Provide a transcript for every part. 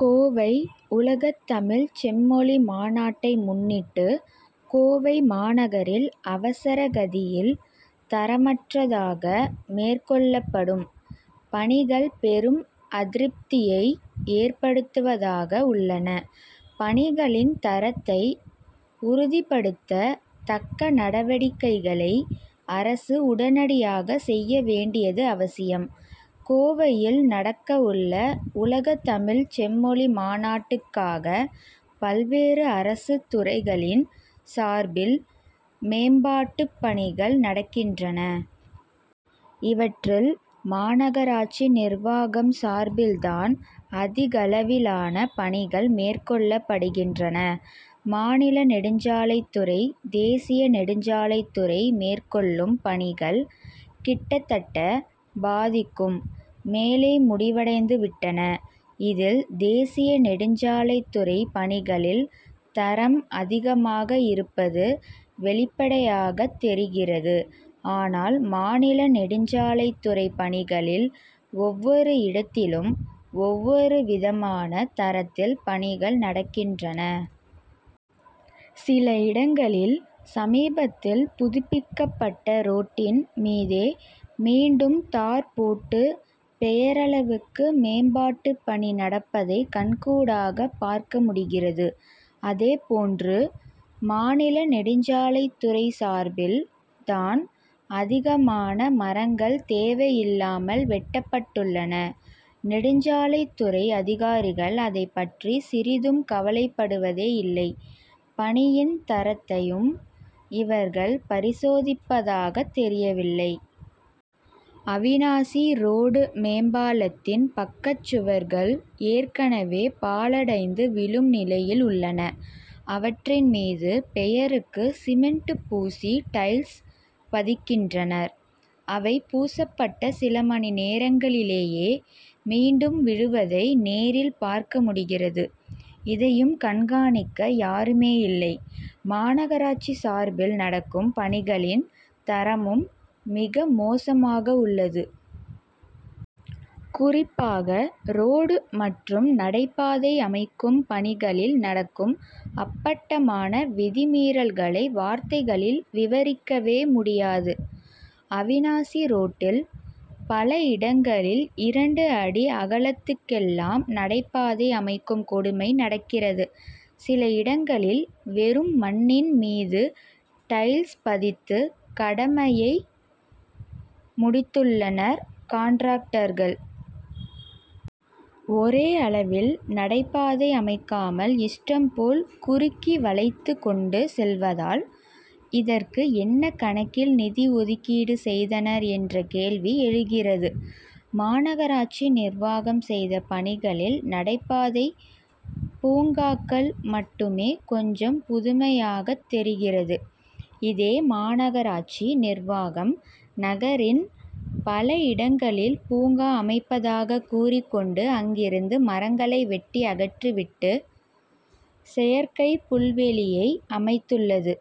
கோவை உலகத்தமிழ்ச் செம்மொழி மாநாட்டை முன்னிட்டு கோவை மாநகரில் அவசர கதியில் தரமற்றதாக மேற்கொள்ளப்படும் பணிகள் பெரும் அதிருப்தியை ஏற்படுத்துவதாக உள்ளன. பணிகளின் தரத்தை உறுதிப்படுத்த தக்க நடவடிக்கைகளை அரசு உடனடியாக செய்ய வேண்டியது அவசியம். கோவையில் நடக்கவுள்ள உலகத்தமிழ்ச் செம்மொழி மாநாட்டுக்காக பல்வேறு அரசுத் துறைகளின் சார்பில் மேம்பாட்டுப் பணிகள் நடக்கின்றன. இவற்றில் மாநகராட்சி நிர்வாகம் சார்பில் தான் அதிகளவிலான பணிகள் மேற்கொள்ளப்படுகின்றன. மாநில நெடுஞ்சாலைத்துறை தேசிய நெடுஞ்சாலைத்துறை மேற்கொள்ளும் பணிகள் கிட்டத்தட்ட பாதிக்கும் மேலே முடிவடைந்து விட்டன. இதில் தேசிய நெடுஞ்சாலைத்துறை பணிகளில் தரம் அதிகமாக இருப்பது வெளிப்படையாகத் தெரிகிறது. ஆனால் மாநில நெடுஞ்சாலைத்துறைப் பணிகளில் ஒவ்வொரு இடத்திலும் ஒவ்வொரு விதமான தரத்தில் பணிகள் நடக்கின்றன. சில இடங்களில் சமீபத்தில் புதுப்பிக்கப்பட்ட ரோட்டின் மீதே மீண்டும் தார் போட்டு பெயரளவுக்கு மேம்பாட்டுப் பணி நடப்பதை கண்கூடாகப் பார்க்க முடிகிறது. அதேபோன்று மாநில நெடுஞ்சாலைத்துறை சார்பில் தான் அதிகமான மரங்கள் தேவையில்லாமல் வெட்டப்பட்டுள்ளன. நெடுஞ்சாலைத்துறை அதிகாரிகள் அதைப் பற்றி சிறிதும் கவலைப்படுவதே இல்லை. பணியின் தரத்தையும் இவர்கள் பரிசோதிப்பதாகத் தெரியவில்லை. அவினாசி ரோடு மேம்பாலத்தின் பக்கச்சுவர்கள் ஏற்கனவே பாழடைந்து விழும் நிலையில் உள்ளன. அவற்றின் மீது பெயருக்கு சிமெண்ட் பூசி டைல்ஸ் பதிக்கின்றனர். அவை பூசப்பட்ட சில மணி நேரங்களிலேயே மீண்டும் விழுவதை நேரில் பார்க்க முடிகிறது. இதையும் கண்காணிக்க யாருமேயில்லை. மாநகராட்சி சார்பில் நடக்கும் பணிகளின் தரமும் மிக மோசமாகவுள்ளது. குறிப்பாக ரோடு மற்றும் நடைபாதை அமைக்கும் பணிகளில் நடக்கும் அப்பட்டமான விதி மீறல்களை வார்த்தைகளில் விவரிக்கவே முடியாது. அவினாசி ரோட்டில் பல இடங்களில் இரண்டு அடி அகலத்துக்கெல்லாம் நடைபாதை அமைக்கும் கொடுமை நடக்கிறது. சில இடங்களில் வெறும் மண்ணின் மீது டைல்ஸ் பதித்து கடமையை முடித்துள்ளனர் காண்ட்ராக்டர்கள். ஒரே அளவில் நடைபாதை அமைக்காமல் இஷ்டம்போல் குறுக்கி வளைத்து கொண்டு செல்வதால் இதற்கு என்ன கணக்கில் நிதி ஒதுக்கீடு செய்தனர் என்ற கேள்வி எழுகிறது. மாநகராட்சி நிர்வாகம் செய்த பணிகளில் நடைபாதைப் பூங்காக்கள் மட்டுமே கொஞ்சம் புதுமையாகத் தெரிகிறது. இதே மாநகராட்சி நிர்வாகம் நகரின் பல இடங்களில் பூங்கா அமைப்பதாகக் கூறிக் கொண்டு அங்கிருந்த மரங்களை வெட்டி அகற்றி விட்டு செயற்கைப் புல்வெளியை அமைத்துள்ளது.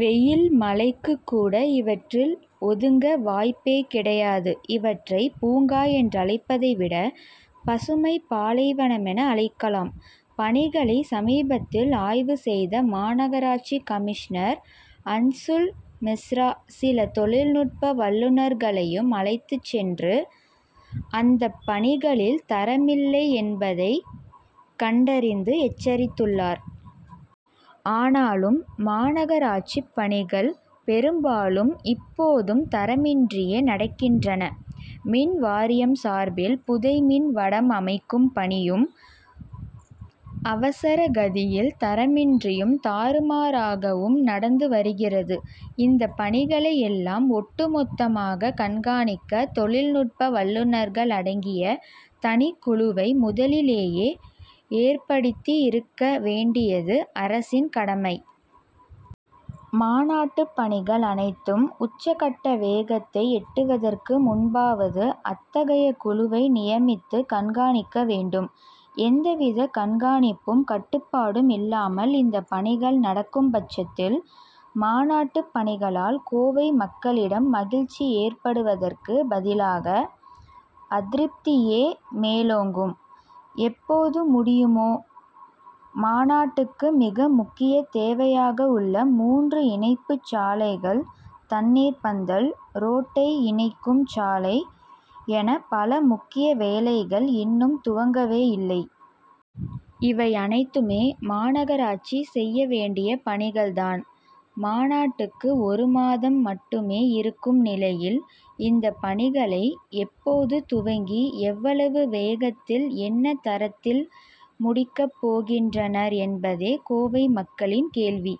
வெயில் மழைக்குக் கூட இவற்றில் ஒதுங்க வாய்ப்பே கிடையாது. இவற்றை பூங்கா என்றழைப்பதை விட பசுமைப் பாலைவனமென அழைக்கலாம். பணிகளை சமீபத்தில் ஆய்வு செய்த மாநகராட்சி கமிஷனர் அன்சுல் மிஸ்ரா சில தொழில்நுட்ப வல்லுனர்களையும் அழைத்துச் சென்று அந்தப் பணிகளில் தரமில்லை என்பதைக் கண்டறிந்து எச்சரித்துள்ளார். ஆனாலும் மாநகராட்சிப் பணிகள் பெரும்பாலும் இப்போதும் தரமின்றியே நடக்கின்றன. மின் வாரியம் சார்பில் புதை மின் வடம் அமைக்கும் பணியும் அவசர கதியில் தரமின்றியும் தாறுமாறாகவும் நடந்து வருகிறது. இந்த பணிகளை எல்லாம் ஒட்டு மொத்தமாகக் கண்காணிக்க தொழில்நுட்ப வல்லுனர்கள் அடங்கிய தனிக்குழுவை முதலிலேயே ஏற்படுத்தியிருக்க வேண்டியது அரசின் கடமை. மாநாட்டுப் பணிகள் அனைத்தும் உச்ச கட்ட வேகத்தை எட்டுவதற்கு முன்பாவது அத்தகைய குழுவை நியமித்து கண்காணிக்க வேண்டும். எந்த வித கண்காணிப்பும் கட்டுப்பாடும் இல்லாமல் இந்த பணிகள் நடக்கும்பட்சத்தில் மாநாட்டுப் பணிகளால் கோவை மக்களிடம் மகிழ்ச்சி ஏற்படுவதற்குப் பதிலாக அதிருப்தியே மேலோங்கும். எப்போது முடியுமோ மாநாட்டுக்கு மிக முக்கியத் தேவையாகவுள்ள மூன்று இணைப்புச் சாலைகள் தண்ணீர்ப் பந்தல் ரோட்டை இணைக்கும் சாலை என பல முக்கிய வேலைகள் இன்னும் துவங்கவே இல்லை. இவை அனைத்துமே மாநகராட்சி செய்ய வேண்டிய பணிகள் தான். மாநாட்டுக்கு ஒரு மாதம் மட்டுமே இருக்கும் நிலையில் இந்தப் பணிகளை எப்போது துவங்கி எவ்வளவு வேகத்தில் என்ன தரத்தில் முடிக்கப்போகின்றனர் என்பதே கோவை மக்களின் கேள்வி.